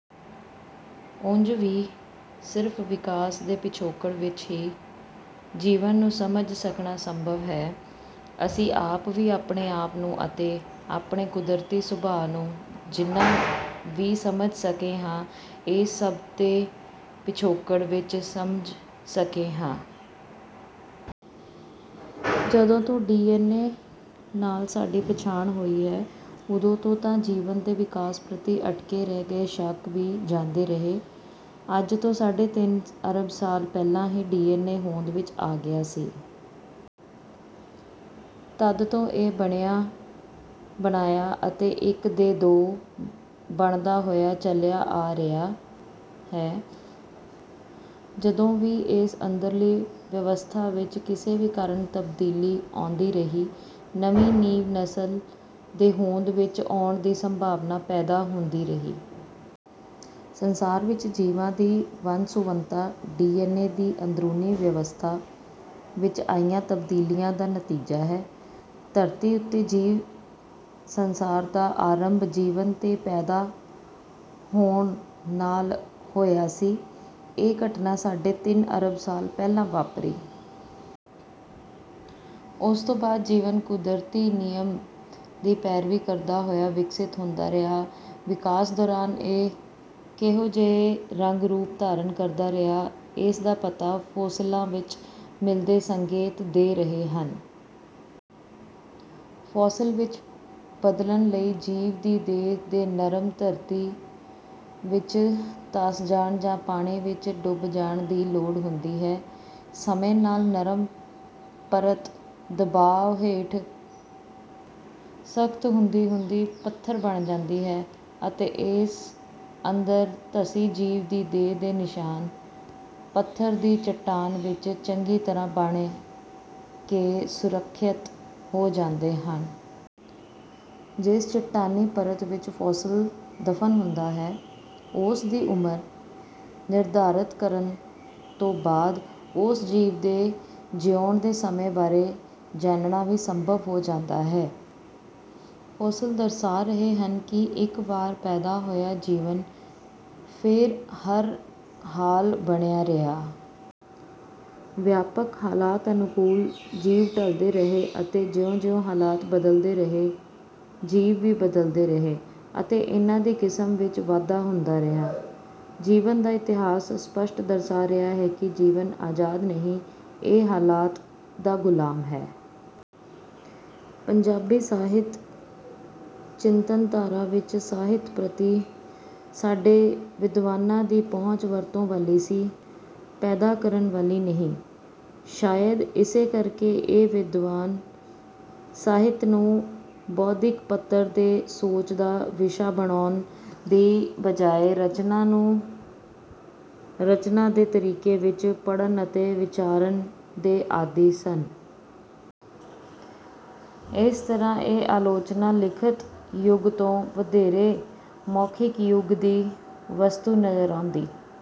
ਉਂਜ ਵੀ, ਸਿਰਫ਼ ਵਿਕਾਸ ਦੇ ਪਿਛੋਕੜ ਵਿੱਚ ਹੀ ਜੀਵਨ ਨੂੰ ਸਮਝ ਸਕਣਾ ਸੰਭਵ ਹੈ। ਅਸੀਂ ਆਪ ਵੀ ਆਪਣੇ ਆਪ ਨੂੰ ਅਤੇ ਆਪਣੇ ਕੁਦਰਤੀ ਸੁਭਾਅ ਨੂੰ ਜਿੰਨਾ ਵੀ ਸਮਝ ਸਕੇ ਹਾਂ, ਇਸ ਸਭ ਦੇ ਪਿਛੋਕੜ ਵਿੱਚ ਸਮਝ ਸਕੇ ਹਾਂ। ਜਦੋਂ ਤੋਂ ਡੀ ਐਨ ਏ ਨਾਲ ਸਾਡੀ ਪਛਾਣ ਹੋਈ ਹੈ, ਉਦੋਂ ਤੋਂ ਤਾਂ ਜੀਵਨ ਦੇ ਵਿਕਾਸ ਪ੍ਰਤੀ ਅਟਕੇ ਰਹਿ ਗਏ ਸ਼ੱਕ ਵੀ ਜਾਂਦੇ ਰਹੇ। ਅੱਜ ਤੋਂ ਸਾਢੇ ਤਿੰਨ ਅਰਬ ਸਾਲ ਪਹਿਲਾਂ ਡੀ ਐਨ ਏ ਹੋਂਦ ਵਿੱਚ ਆ ਗਿਆ ਸੀ। ਤਦ ਤੋਂ ਇਹ ਬਣਿਆ ਬਣਾਇਆ ਅਤੇ ਇੱਕ ਦੇ ਦੋ ਬਣਦਾ ਹੋਇਆ ਚਲਿਆ ਆ ਰਿਹਾ ਹੈ। ਜਦੋਂ ਵੀ ਇਸ ਅੰਦਰਲੀ ਵਿਵਸਥਾ ਵਿੱਚ ਕਿਸੇ ਵੀ ਕਾਰਨ ਤਬਦੀਲੀ ਆਉਂਦੀ ਰਹੀ, ਨਵੀਂ ਜੀਵ ਨਸਲ ਦੇ ਹੋਂਦ ਵਿੱਚ ਆਉਣ ਦੀ ਸੰਭਾਵਨਾ ਪੈਦਾ ਹੁੰਦੀ ਰਹੀ। ਸੰਸਾਰ ਵਿੱਚ ਜੀਵਾਂ ਦੀ ਵੰਨ ਸੁਵੰਨਤਾ ਡੀ ਐਨ ਏ ਦੀ ਅੰਦਰੂਨੀ ਵਿਵਸਥਾ ਵਿੱਚ ਆਈਆਂ ਤਬਦੀਲੀਆਂ ਦਾ ਨਤੀਜਾ ਹੈ। ਧਰਤੀ ਉੱਤੇ ਜੀਵ ਸੰਸਾਰ ਦਾ ਆਰੰਭ ਜੀਵਨ ਦੇ ਪੈਦਾ ਹੋਣ ਨਾਲ ਹੋਇਆ ਸੀ। ਇਹ ਘਟਨਾ ਸਾਢੇ ਤਿੰਨ ਅਰਬ ਸਾਲ ਪਹਿਲਾਂ ਵਾਪਰੀ। ਉਸ ਤੋਂ ਬਾਅਦ ਜੀਵਨ ਕੁਦਰਤੀ ਨਿਯਮ ਦੀ ਪੈਰਵੀ ਕਰਦਾ ਹੋਇਆ ਵਿਕਸਿਤ ਹੁੰਦਾ ਰਿਹਾ। ਵਿਕਾਸ ਦੌਰਾਨ ਇਹ ਕਿਹੋ ਜਿਹੇ ਰੰਗ ਰੂਪ ਧਾਰਨ ਕਰਦਾ ਰਿਹਾ, ਇਸ ਦਾ ਪਤਾ ਫੋਸਿਲਾਂ ਵਿੱਚ ਮਿਲੇ ਸੰਕੇਤ ਦੇ ਰਹੇ ਹਨ। ਫੋਸਿਲ ਵਿੱਚ ਬਦਲਣ ਲਈ ਜੀਵ ਦੀ ਦੇਹ ਦੇ ਨਰਮ ਧਰਤੀ ਵਿੱਚ ਧਸ ਜਾਣ ਜਾਂ ਪਾਣੀ ਵਿੱਚ ਡੁੱਬ ਜਾਣ ਦੀ ਲੋੜ ਹੁੰਦੀ ਹੈ। ਸਮੇਂ ਨਾਲ ਨਰਮ ਪਰਤ ਦਬਾਅ ਹੇਠ ਸਖ਼ਤ ਹੁੰਦੀ ਹੁੰਦੀ ਪੱਥਰ ਬਣ ਜਾਂਦੀ ਹੈ ਅਤੇ ਇਸ ਅੰਦਰ ਧਸੀ ਜੀਵ ਦੀ ਦੇਹ ਦੇ ਨਿਸ਼ਾਨ ਪੱਥਰ ਦੀ ਚੱਟਾਨ ਵਿੱਚ ਚੰਗੀ ਤਰ੍ਹਾਂ ਬਣ ਕੇ ਸੁਰੱਖਿਅਤ ਹੋ ਜਾਂਦੇ ਹਨ। ਜਿਸ ਚੱਟਾਨੀ ਪਰਤ ਵਿੱਚ ਫੋਸਿਲ ਦਫ਼ਨ ਹੁੰਦਾ ਹੈ, ਉਸ ਦੀ ਉਮਰ ਨਿਰਧਾਰਤ ਕਰਨ ਤੋਂ ਬਾਅਦ ਉਸ ਜੀਵ ਦੇ ਜਿਉਣ ਦੇ ਸਮੇਂ ਬਾਰੇ ਜਾਣਨਾ ਵੀ ਸੰਭਵ ਹੋ ਜਾਂਦਾ ਹੈ। ਫੋਸਿਲ ਦਰਸਾ ਰਹੇ ਹਨ ਕਿ ਇੱਕ ਵਾਰ ਪੈਦਾ ਹੋਇਆ ਜੀਵਨ ਫਿਰ ਹਰ ਹਾਲ ਬਣਿਆ ਰਿਹਾ। ਵਿਆਪਕ ਹਾਲਾਤ ਅਨੁਕੂਲ ਜੀਵ ਢਲਦੇ ਰਹੇ ਅਤੇ ਜਿਉਂ ਜਿਉਂ ਹਾਲਾਤ ਬਦਲਦੇ ਰਹੇ, ਜੀਵ ਵੀ ਬਦਲਦੇ ਰਹੇ ਅਤੇ ਇਨ੍ਹਾਂ ਦੀ ਕਿਸਮ ਵਿੱਚ ਵਾਧਾ ਹੁੰਦਾ ਰਿਹਾ। ਜੀਵਨ ਦਾ ਇਤਿਹਾਸ ਸਪਸ਼ਟ ਦਰਸਾ ਰਿਹਾ ਹੈ ਕਿ ਜੀਵਨ ਆਜ਼ਾਦ ਨਹੀਂ, ਇਹ ਹਾਲਾਤ ਦਾ ਗੁਲਾਮ ਹੈ। ਪੰਜਾਬੀ ਸਾਹਿਤ ਚਿੰਤਨਧਾਰਾ ਵਿੱਚ ਸਾਹਿਤ ਪ੍ਰਤੀ ਸਾਡੇ ਵਿਦਵਾਨਾਂ ਦੀ ਪਹੁੰਚ ਵਰਤੋਂ ਵਾਲੀ ਸੀ, ਪੈਦਾ ਕਰਨ ਵਾਲੀ ਨਹੀਂ। ਸ਼ਾਇਦ ਇਸੇ ਕਰਕੇ ਇਹ ਵਿਦਵਾਨ ਸਾਹਿਤ ਨੂੰ ਬੌਧਿਕ ਪੱਧਰ ਤੇ ਸੋਚ ਦਾ ਵਿਸ਼ਾ ਬਣਾਉਣ ਦੀ ਬਜਾਏ, ਰਚਨਾ ਨੂੰ ਰਚਨਾ ਦੇ ਤਰੀਕੇ ਵਿੱਚ ਪੜ੍ਹਨ ਅਤੇ ਵਿਚਾਰਨ ਦੇ ਆਦੀ ਸਨ। ਇਸ ਤਰ੍ਹਾਂ ਇਹ ਆਲੋਚਨਾ ਲਿਖਤ ਯੁੱਗ ਤੋਂ ਵਧੇਰੇ, ਮੌਖਿਕ ਯੁੱਗ ਦੀ ਵਸਤੂ ਨਜ਼ਰ ਆਉਂਦੀ